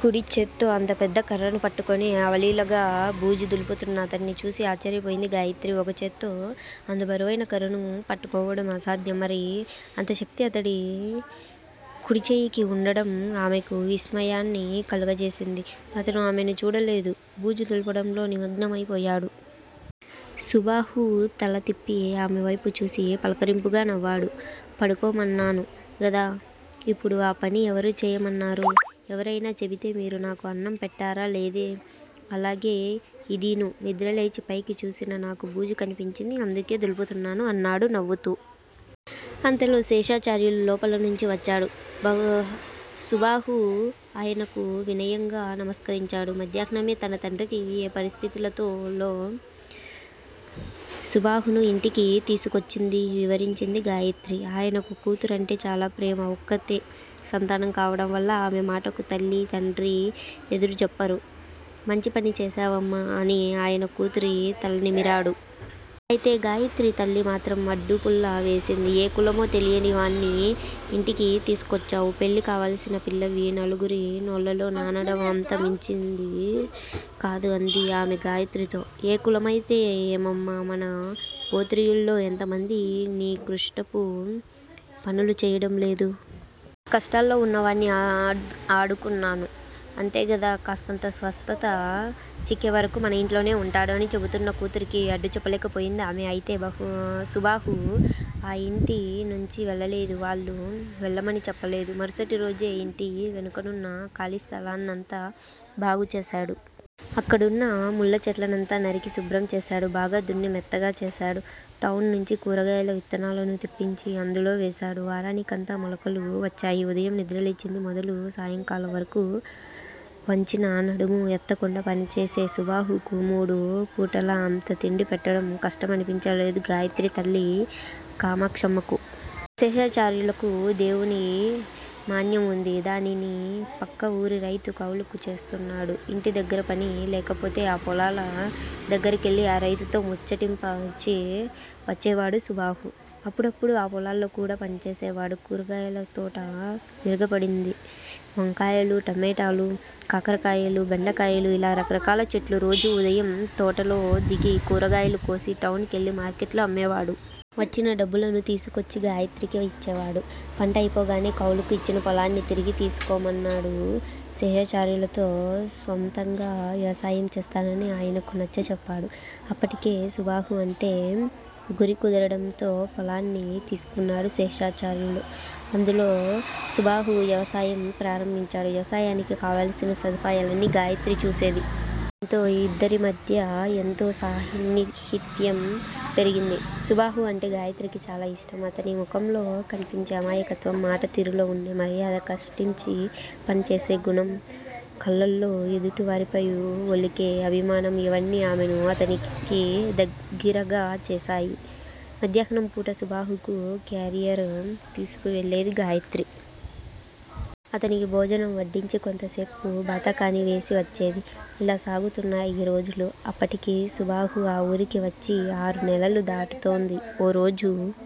కుడిచేత్తో అంత పెద్ద కర్రను పట్టుకుని అవలీలగా బూజు దులుపుతున్న అతన్ని చూసి ఆశ్చర్యపోయింది గాయిత్రి. ఒకచేత్తో అంత బరువైన కర్రను పట్టుకోవడం అసాధ్యం. మరి అంత శక్తి అతని కుడిచేయికి వుండడం ఆమెకు విస్మయాన్ని కలుగజేసింది. అతను ఆమెను చూడలేదు. బూజు దులపడంలో నిమగ్నమై పోయాడు. సుబాహు! తల తిప్పి ఆమెవైపు చూసి, పలకరింపుగా నవ్వాడు. పడుకోమన్నాను గదా! ఇప్పుడు ఆ పని ఎవరు చేయమన్నారు? ఎవరైనా చెబితే మీరు నాకు అన్నం పెట్టారా! లేదే. అలాగే ఇదీను. నిద్ర లేచి పైకి చూసిన నాకు బూజు కనిపించింది. అందుకే దులుపుతున్నాను అన్నాడు నవ్వుతూ. అంతలో శేషాచార్యులు లోపల నుంచి వచ్చాడు. సుబాహు ఆయనకు వినయంగా నమస్కరించాడు. మధ్యాహ్నమే తన తండ్రికి ఏ పరిస్థితులలో సుబాహును ఇంటికి తీసుకొచ్చిందీ వివరించింది గాయత్రి. ఆయనకు కూతురంటే చాలా ప్రేమ. ఒక్కత్తే సంతానం కావడం వల్ల ఆమె మాటకు తల్లీ, తండ్రీ ఎదురుజెప్పరు. మంచిపని చేశావమ్మా అని ఆయన కూతురి తల నిమిరాడు. అయితే గాయత్రి తల్లి మాత్రం అడ్డు పుల్ల వేసింది. ఏ కులమో తెలియనివాడ్ని ఇంటికి తీసుకొచ్చావ్. పెళ్ళి కావలసిన పిల్లవి. నలుగురి నోళ్ళల్లో నానడం అంతమంచిది కాదు అంది ఆమె గాయత్రితో. ఏ కులమైతే ఏమమ్మా. మన గోత్రీయుల్లో ఎంతమంది నికృష్టపు పనులు చేయడం లేదు. కష్టాల్లో వున్న వాడ్ని ఆడుకున్నాను. అంతేకదా. కాస్తంత స్వస్థత చిక్కేవరకు మన ఇంట్లోనే వుంటాడు అని చెబుతున్న కూతురికి అడ్డు చెప్పలేకపోయింది ఆమె. అయితే సుబాహు ఆ ఇంటి నుంచి వెళ్ళలేదు. వాళ్ళూ వెళ్ళమని చెప్పలేదు. మరుసటి రోజే ఇంటి వెనుకనున్న ఖాళీ స్థలాన్నంతా బాగుచేశాడు. అక్కడున్న ముళ్ళ చెట్లనంతా నరికి శుభ్రం చేశాడు. బాగా దున్ని మెత్తగా చేశాడు. టౌన్ నుంచి కూరగాయల విత్తనాలను తెప్పించి అందులో వేశాడు. వారానికంతా మొలకలు వచ్చాయి. ఉదయం నిద్రలేచింది మొదలు సాయంకాలం వరకు వంచిన నడుము ఎత్తకుండా పనిచేసే సుబాహుకు మూడు పూటలా అంత తిండి పెట్టడం కష్టమనిపించలేదు గాయత్రి తల్లి కామాక్షమ్మకు. శేషాచార్యులకు దేవుడి మాన్యం వుంది. దానిని పక్క ఊరి రైతు కౌలుకు చేస్తున్నాడు ఇంటి దగ్గరపని లేకపోతే ఆ పొలాల దగ్గరికెళ్ళి ఆ రైతుతో ముచ్చటించి వచ్చేవాడు సుబాహు. అప్పుడప్పుడూ ఆ పొలాల్లో కూడా పనిచేసేవాడు. కూరగాయల తోట విరగపండింది. వంకాయలు, టమేటాళు, కాకరకాయలు, బెండకాయలు ఇలా రకరకాల చెట్లు, రోజూ ఉదయం తోటలో దిగి కూరగాయలు కోసి, టౌన్ కెళ్ళి మార్కెట్లో అమ్మేవాడు. వచ్చిన డబ్బులను తీసుకొచ్చి గాయత్రికి ఇచ్చేవాడు. పంట అయిపోగానే కౌలుకు ఇచ్చిన పొలాన్ని తిరిగి తీసుకోమన్నాడు శేషాచార్యులతో. స్వంతంగా వ్యవసాయం చేస్తానని ఆయనకు నచ్చచెప్పాడు. అప్పటికే సుబాహు అంటే గురికుదరడంతో పొలాన్ని తీసుకున్నాడు శేషాచార్యులు. అందులో సుబాహు వ్యవసాయం ప్రారంభించాడు. వ్యవసాయానికి కావాల్సిన సదుపాయాలన్నీ గాయత్రి చూసేది. దీంతో ఇద్దరి మధ్య ఎంతో సాన్నిహిత్యం పెరిగింది. సుబాహు అంటే గాయత్రికి చాలా ఇష్టం. అతని ముఖంలో కనిపించే అమాయకత్వం, మాట తీరులో వుండే మర్యాద, కష్టించి పనిచేసే గుణం, కళ్ళల్లో ఎదుటివారిపై ఒలికే అభిమానం- ఇవన్నీ ఆమెను అతనికి దగ్గిరగా చేశాయి. మధ్యాహ్నం పూట సుబాహుకు క్యారియర్ తీసుకు వెళ్ళేది గాయత్రి. అతనికి భోజనం వడ్డించి, కొంతసేపు బాతాకానీ వేసి వచ్చేది. ఇలా సాగుతున్నాయి రోజులు. అప్పటికి సుబాహు ఆ వూరికి వచ్చి ఆరు నెలలు దాటుతోంది. ఓ రోజు